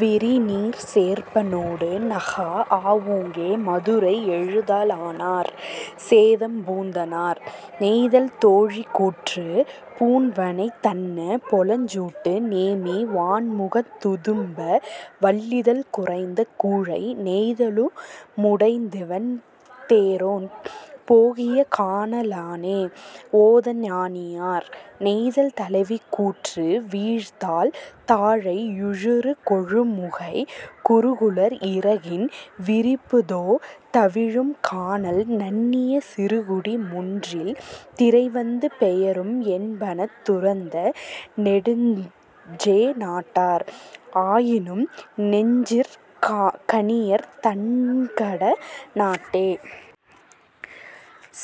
விரிநீர்ச் சேர்ப்பனொடு நகாஅ வூங்கே. -மதுரை எழுத்தாளனார் சேந்தம்பூதனார்.. நெய்தல் தோழி கூற்று பூண்வனைந் தன்ன பொலஞ்சூட்டு நேமி வாண்முகந் துமிப்ப வள்ளிதழ் குறைந்த கூழை நெய்தலு முடைத்திவண் தேரோன் போகிய கான லானே. -ஓதஞானியார்.. நெய்தல் தலைவி கூற்று வீழ்தாழ் தாழை யூழுறு கொழுமுகை குருகுளர் இறகின் விரிபுதோ டவிழும் கானல் நண்ணிய சிறுகுடி முன்றில் திரைவந்து பெயரும் என்பநத் துறந்து நெடுஞ்சே ணாட்டார் ஆயினும் நெஞ்சிற் கணியர் தண்கட னாட்டே.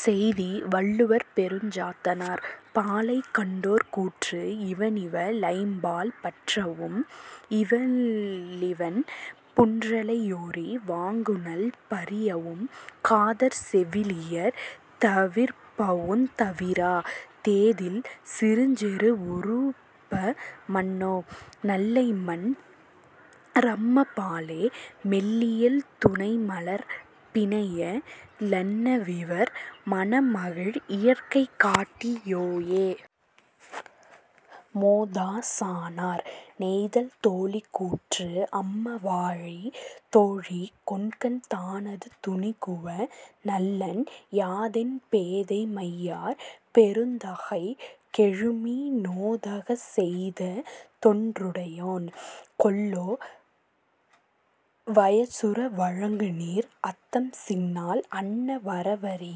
-செய்தி வள்ளுவர் பெருஞ்சாத்தனார்.. பாலை கண்டோர் கூற்று இவனிவ ளைம்பால் பற்றவும் இவளிவன் புன்றலை யோரி வாங்குநள் பரியவும் காதற் செவிலியர் தவிர்ப்பவுந் தவிரா தேதில் சிறுசெரு வுறுப மன்னோ நல்லைமன் றம்ம பாலே மெல்லியல் துணைமலர்ப் பிணைய லன்னவிவர் மணமகிழ் இயற்கை காட்டி யோயே. -மோதாசானார்.. நெய்தல் தோழி கூற்று அம்ம வாழி தோழி கொண்கன் தானது துணிகுவ னல்லன் யானென் பேதை மையாற் பெருந்தகை கெழுமி நோதகச் செய்ததொன் றுடையேன் கொல்லோ வயச்சுறா வழங்குநீர் அத்தம் சின்னாள் அன்ன வரவறி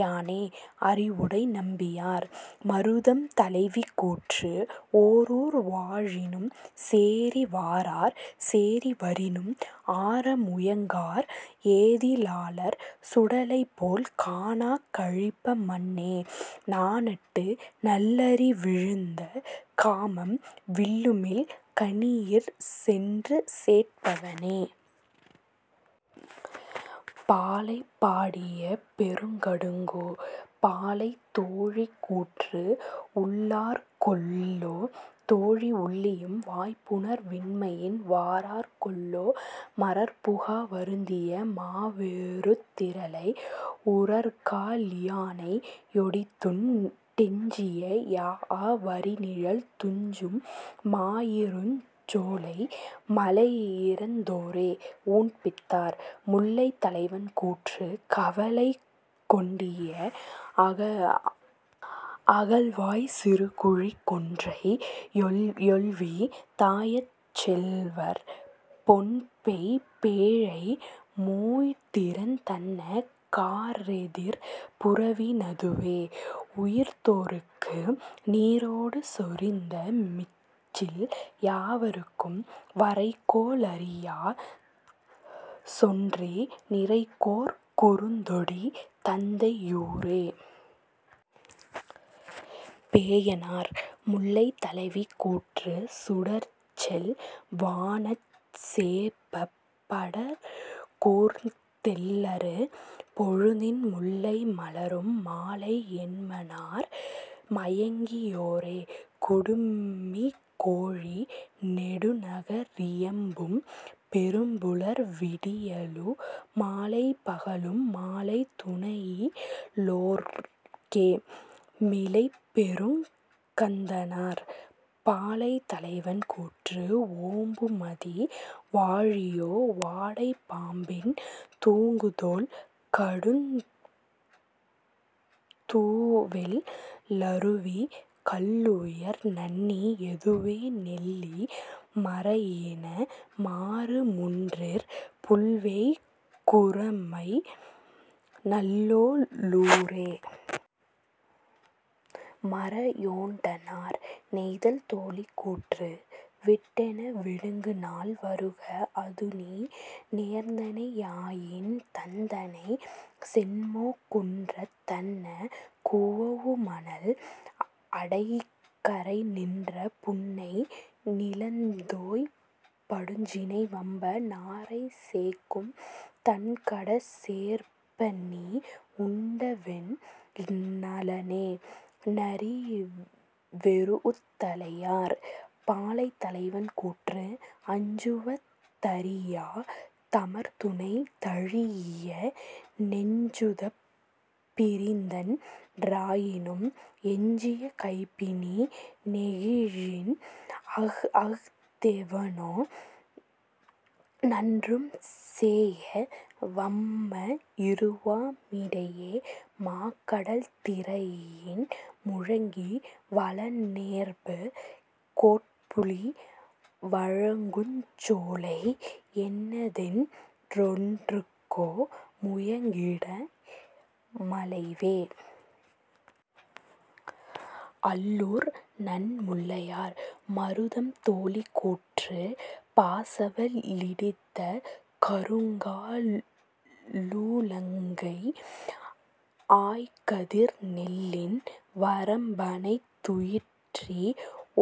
யானே. -அறிவுடை நம்பியார்.. மருதம் தலைவி கூற்று ஓரூர் வாழினும் சேரி வாரார் சேரி வரினும் ஆர முயங்கார் ஏதி லாளர் சுடலை போலக் காணாக் கழிப மன்னே நாணட்டு நல்லறி விழுந்த காமம் வில்லுமிழ் கணியிற் சென்றுசேட் படவே. -பாலைபாடிய பெருங்கடுங்கோ.. பாலை தோழி கூற்று உள்ளார் கொல்லோ தோழி உள்ளியும் வாய்ப்புணர் வின்மையின் வாரார் கொல்லோ மரற்புகா வருந்திய மாவெருத் திரலை உரற்கா லியானை யொடித்துண் டெஞ்சிய யாஅ வரிநிழல் துஞ்சும் மாயிருஞ் சோலை மலையிறந் தோரே. -ஊண் பித்தையார்.. முல்லை தலைவன் கூற்று கவலை கொண்டிய அகல்வாய்ச் சிறுகுழி கொன்றை யொள்வீ தாஅய்ச் செல்வர் பொன்பெய் பேழை மூய்திறந் தன்ன காரெதிர் புறவி னதுவே உயர்ந்தோர்க்கு நீரொடு சொரிந்த மிச்சில் யாவர்க்கும் வரைகோ ளறியாச் சொன்றி நிரைகோற் குறுந்தொடி தந்தை யூரே! -பேயனார்.. முல்லை தலைவி கூற்று சுடர்செல் வானஞ் சேப்பப் படர்கூர்ந் தெல்லறு பொழுதின் முல்லை மலரும் மாலை என்மனார் மயங்கி யோரே குடுமிக் கோழி நெடுநக ரியம்பும் பெரும்புலர் விடியலு மாலை பகலும் மாலை துணையி லோர்க்கே. -மிளைப்பெருங் கந்தனார்.. பாலை தலைவன் கூற்று ஓம்புமதி வாழியோ வாடை பாம்பின் தூங்குதோல் கடுக்குந் தூவெள் ளருவிக் கல்லுயர் நண்ணி யதுவே நெல்லி மரையின மாரு முன்றிற் புல்வேய் குரம்பை நல்லோ ளூரே. -மரயேண்டனார்.. நெய்தல் தோழி கூற்று விட்டென விடுக்குநாள் வருக அதுநீ நேர்ந்தனை யாயின் தந்தனை சென்மோ குன்றத் தன்ன குவவுமணல் அடைகரை நின்ற புன்னை நிலந்தோய் படுசினை வம்ப நாரை சேக்கும் தண்கடற் சேர்ப்பநீ உண்டவென் னலனே. -நரிவெரூஉத் தலையார்.. பாலை தலைவன் கூற்று அஞ்சுவ தறியா தமர்துணை தழீஇய நெஞ்சுதப் பிரிந்தன் றாயினும் எஞ்சிய கைபிணி நெகிழின்அஃ தெவனோ நன்றும் சேய வம்ம இருவா மிடையே மாக்கடல் திரையின் முழங்கி வலனேர்பு கோட்புலி வழங்குஞ் சோலை எனைத்தென் றெண்ணுகோ முயக்கிடை மலைவே. -அள்ளூர் நன்முல்லையார்.. மருதம் தோழி கூற்று பாசவ லிடித்த கருங்கா ழுலக்கை ஆய்கதிர் நெல்லின் வரம்பணைத் துயிற்றி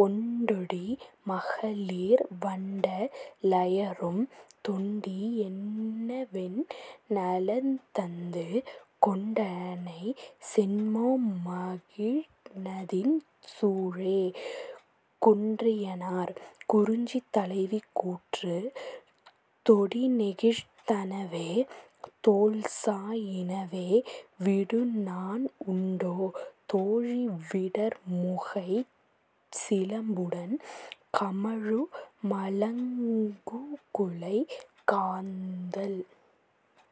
ஒண்டொடி மகளிர் வண்ட லயரும் தொண்டி யன்னவென் நலந்தந்து கொண்டனை சென்மோ மகிழ்நநின் சூளே. -குன்றியனார்.. குறிஞ்சி தலைவி கூற்று தொடிநெகிழ்ந் தனவே தோள்சா யினவே விடுநாண் உண்டோ தோழி விடர்முகைச் சிலம்புடன் கமழு மலங்குகுலைக் காந்தள்